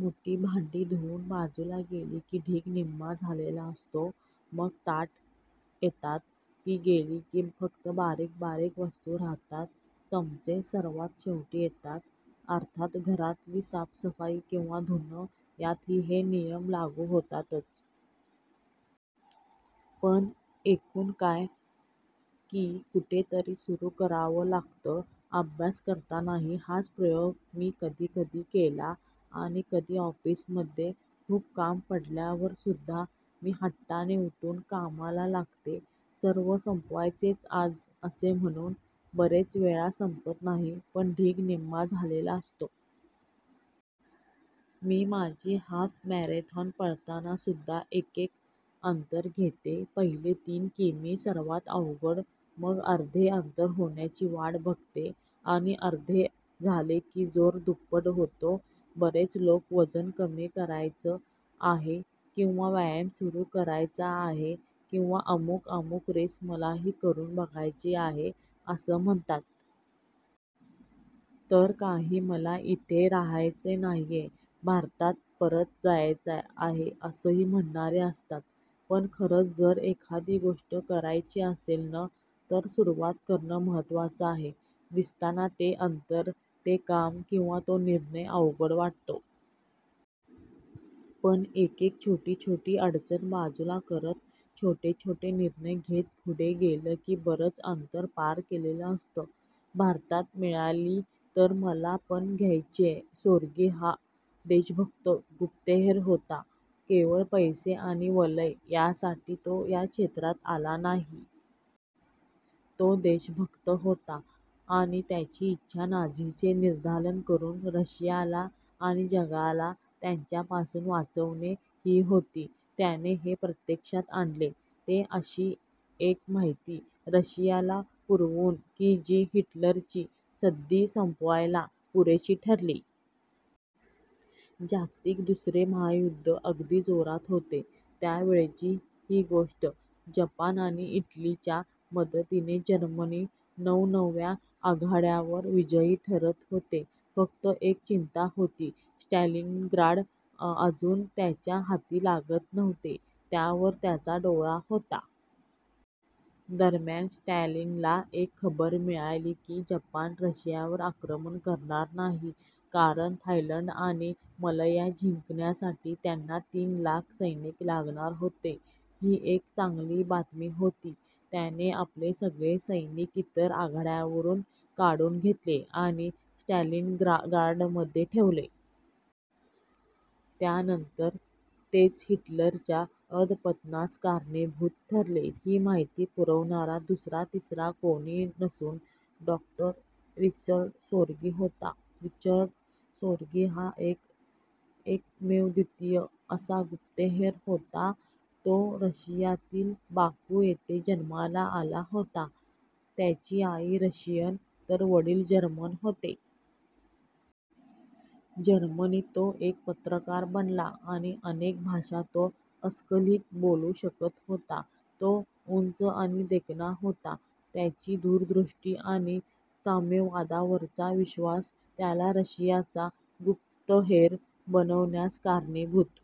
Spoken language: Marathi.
मोठी भांडी धुवून बाजूला गेली की ढीग निम्मा झालेला असतो. मग ताटं येतात. ती गेली की फक्त बारीक बारीक वस्तू राहतात. चमचे सर्वात शेवटी येतात. अर्थात घरातली साफसफाई किंवा धुणं यांतही हे नियम लागू होतातच. पण एकून काय की कुठेतरी सुरू करावं लागतं. अभ्यास करतानाही हाच प्रयोग मी कधीकधी केला आणि कधी ऑफिसमध्ये खूप काम पडल्यावर सुद्धा मी हट्टाने उठून कामाला लागते सर्व संपवायचेच आज असे म्हणून. बरेच वेळा संपत नाही पण ढीग निम्मा झालेला असतो. मी माझी हाफ मॅरेथॉन पळताना सुद्धा एकेक अंतर घेते. पहिले तीन किमी सर्वात अवघड मग अर्धे अंतर होण्याची वाट बघते आणि अर्धे झाले की जोर दुप्पट होतो. बरेच लोक वजन कमी करायचं आहे किंवा व्यायाम सुरू करायचा आहे किंवा अमुक अमुक रेस मलाही करून बघायची आहे असं म्हणतात. तर काही मला इथे राहायचं नाहीये, भारतात परत जायचं आहे असंही म्हणणारे असतात पण खरंच जर एखादी गोष्ट करायची असेल न तर सुरुवात करणं महत्त्वाचं आहे. दिसताना ते अंतर, ते काम किंवा तो निर्णय अवघड वाटतो. पण एकेक छोटी छोटी अडचण बाजूला करत, छोटे छोटे निर्णय घेत पुढे गेलं की बरंच अंतर पार केलेलं असतं. भारतात मिळाली तर मला पण घ्यायचीय. सोर्गि हा देशभक्त गुप्तहेर होता. केवळ पैसे आणि वलय यासाठी तो या क्षेत्रात आला नाही. तो देशभक्त होता आणि त्याची इच्छा नाझींचे निर्दालन करून रशियाला आणि जगाला त्यांच्यापासून वाचवणे ही होती. त्याने हे प्रत्यक्षात आणले ते अशी एक माहिती रशियाला पुरवून की जी हिटलरची सद्दी संपवायला पुरेशी ठरली. जागतिक दुसरे महायुद्ध अगदी जोरात होते त्यावेळची ही गोष्ट. जपान आणि इटलीच्या मदतीने जर्मनी नवनव्या आघाड्यांवर विजयी ठरत होते. फक्त एक चिंता होती, स्टॅलिनग्राड अजून त्यांच्या हाती लागत नव्हते. त्यावर त्यांचा डोळा होता. दरम्यान स्टॅलिनला एक खबर मिळाली की जपान रशियावर आक्रमण करणार नाही कारण थायलंड आणि मलया जिंकण्यासाठी त्यांना तीन लाख सैनिक लागणार होते. ही एक चांगली बातमी होती. त्याने आपले सगळे सैनिक इतर आघाड्यांवरून काढून घेतले आणि स्टॅलिनग्राडमध्ये ठेवले. त्यानंतर तेच हिटलरच्या अधःपतनास कारणीभूत ठरले. ही माहिती पुरवणारा दुसरा तिसरा कोणी नसून डॉ. रिचर्ड सोर्गि होता. रिचर्ड सोर्गि हा एक एकमेवाद्वितीय असा गुप्तहेर होता. तो रशियातील बाकू येथे जन्माला आला होता. त्याची आई रशियन तर वडील जर्मन होते. जर्मनीत तो एक पत्रकार बनला आणि अनेक भाषा तो अस्खलित बोलू शकत होता. तो उंच आणि देखणा होता. त्याची दूरदृष्टी आणि साम्यवादावरचा विश्वास त्याला रशियाचा गुप्तहेर बनवण्यास कारणीभूत